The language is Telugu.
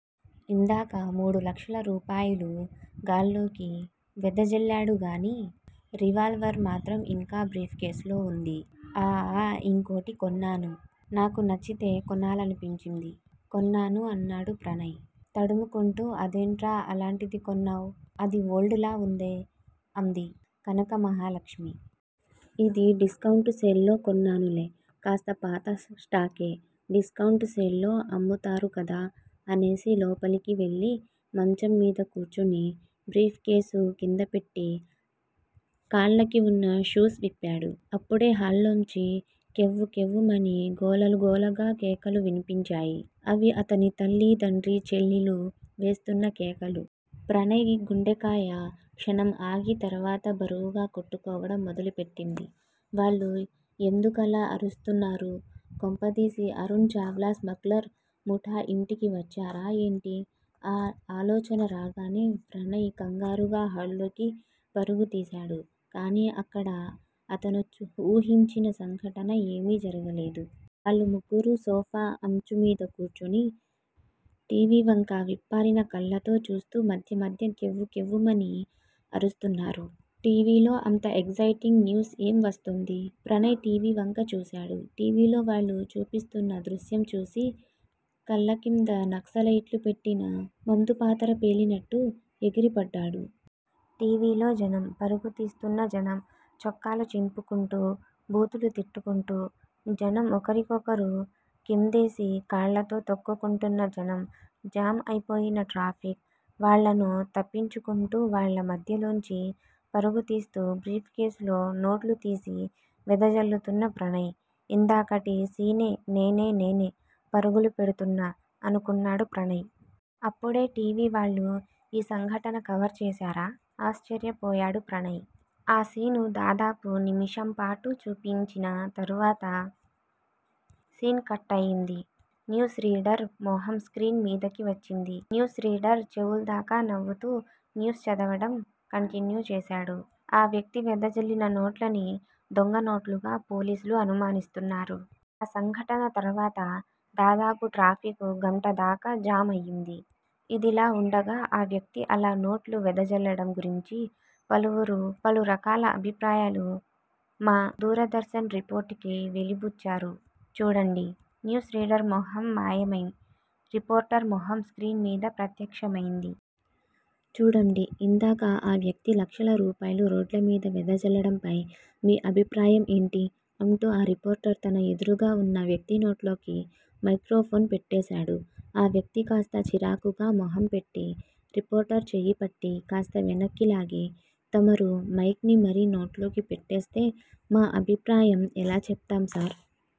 ఇందాక మూడు లక్షల రూపాయలూ గాల్లోకి వెదజల్లాడుగానీ, రివాల్వర్ మాత్రం ఇంకా బ్రీఫ్ కేసు లో వుంది. ఆ ఆ ఇంకోటి కొన్నాను. నాకు నచ్చితే కొనాలనిపించింది. కొన్నాను అన్నాడు ప్రణయ్ తడుముకొంటూ. అదేంట్రా అలాంటిది కొన్నావ్. అది ఓల్డ్స్ లా వుందే! అంది కనకమహాలక్ష్మి. ఇది డిస్కౌంట్ సేల్స్ లో కొన్నానులే. కాస్త పాతస్టాకే డిస్కౌంట్ సేల్స్ లో అమ్ముతారుకదా అనేసి లోపలికి వెళ్ళి మంచం మీద కూర్చుని బ్రీఫ్ కేసు కిందపెట్టి, కాళ్ళకి వున్న షూస్ విప్పాడు. అప్పుడే హాల్లోంచి 'కెవ్వు కెవ్వు'మని గోలగోలగా కేకలు వినిపించాయి. అవి అతని తల్లి, తండ్రి, చెల్లెలు వేస్తున్న కేకలు. ప్రణయ్ గుండెకాయ క్షణం ఆగి తర్వాత బరువుగా కొట్టుకోవడం మొదలుపెట్టింది. వాళ్ళు ఎందుకలా అరుస్తున్నారు? కొంపదీసి అరుణ్ చావ్లా స్మగ్లర్ ముఠా ఇంటికి వచ్చారా ఏంటి? ఆ ఆలోచన రాగానే ప్రణయ్ కంగారుగా హాల్లోకి పరుగుతీశాడు. కానీ అక్కడా అతను వూహించిన సంఘటన ఏమీ జరగలేదు. వాళ్ళు ముగ్గురూ సోఫా అంచుమీద కూర్చుని టీవీవంక విప్పారిన కళ్ళతో చూస్తూ మధ్య మధ్య కెవ్వు కెవ్వుమని అరుస్తున్నారు. టీవీలో అంత ఎక్సయిటింగ్ న్యూస్ ఏం వస్తుంది? ప్రణయ్ టీవీవంక చూశాడు. టీవీలో వాళ్ళు చూపిస్తున్న దృశ్యం చూసి కాళ్ళకింద నక్సలైట్లు పెట్టిన మందుపాతర పేలినట్టు ఎగిరిపడ్డాడు. టి. వి. లో జనం! పరుగులు తీస్తున్న జనం!! చొక్కాలు చింపుకుంటూ బూతులు తిట్టుకుంటున్న జనం!! ఒకరికొకరు కిందేసి కాళ్ళతో తొక్కుకుంటున్న జనం జామ్ అయిపోయిన ట్రాఫిక్. వాళ్ళను తప్పించుకుంటూ, వాళ్ళ మధ్యలోంచి పరుగుతీస్తూ బ్రీఫ్ కేసులోంచి నోట్లుతీసి వెదజల్లుతున్న ప్రణయ్!! ఇందాకటి సీనే నేనే నేనే పరుగులు పెడుతున్నా అనుకున్నాడు ప్రణయ్. అప్పుడే టీవీ వాళ్ళు ఈ సంఘటన కవర్ చేసేశారా? ఆశ్చర్యపోయాడు ప్రణయ్. ఆ శీను దాదాపు నిమిషంపాటు చూపించిన తరువాత సీన్ కట్ అయ్యింది. న్యూస్ రీడర్ మొహం స్క్రీన్ మీదకి వచ్చింది. న్యూస్ రీడర్ చెవుల్దాకా నవ్వుతూ న్యూస్ చదవడం కంటిన్యూ చేశాడు. ఆ వ్యక్తి వెదజల్లిన నోట్లని దొంగ నోట్లుగా పోలీసులు అనుమానిస్తున్నారు. ఆ సంఘటన తర్వాత దాదాపు ట్రాఫిక్ గంటదాకా జామ్ అయ్యింది. ఇదిలా వుండగా ఆ వ్యక్తి అలా నోట్లు వెదజల్లడం గురించి పలువురు పలురకాల అభిప్రాయాలు మా దూరదర్శన్ రిపోర్టర్ కి వెలిబుచ్చారు చూడండి. న్యూస్ రీడర్ మొహం మాయమై రిపోర్టర్ మొహం స్క్రీన్ మీద ప్రత్యక్షమైంది. చూడండీ ఇందాక ఆ వ్యక్తి లక్షల రూపాయలు రోడ్లమీద వెదజల్లడంపై మీ అభిప్రాయం ఏంటి? అంటూ ఆ రిపోర్టర్ తన ఎదురుగావున్న వ్యక్తి నోట్లోకి మైక్రోఫోన్ పెట్టేశాడు. ఆ వ్యక్తి కాస్త చిరాకుగా మొహంపెట్టి రిపోర్టర్ చెయ్యిపట్టి కాస్త వెనక్కిలాగి తమరు మైక్ ని మరీ నోట్లోకి పెట్టేస్తే మా అభిప్రాయం ఎలా చెప్తాంసార్?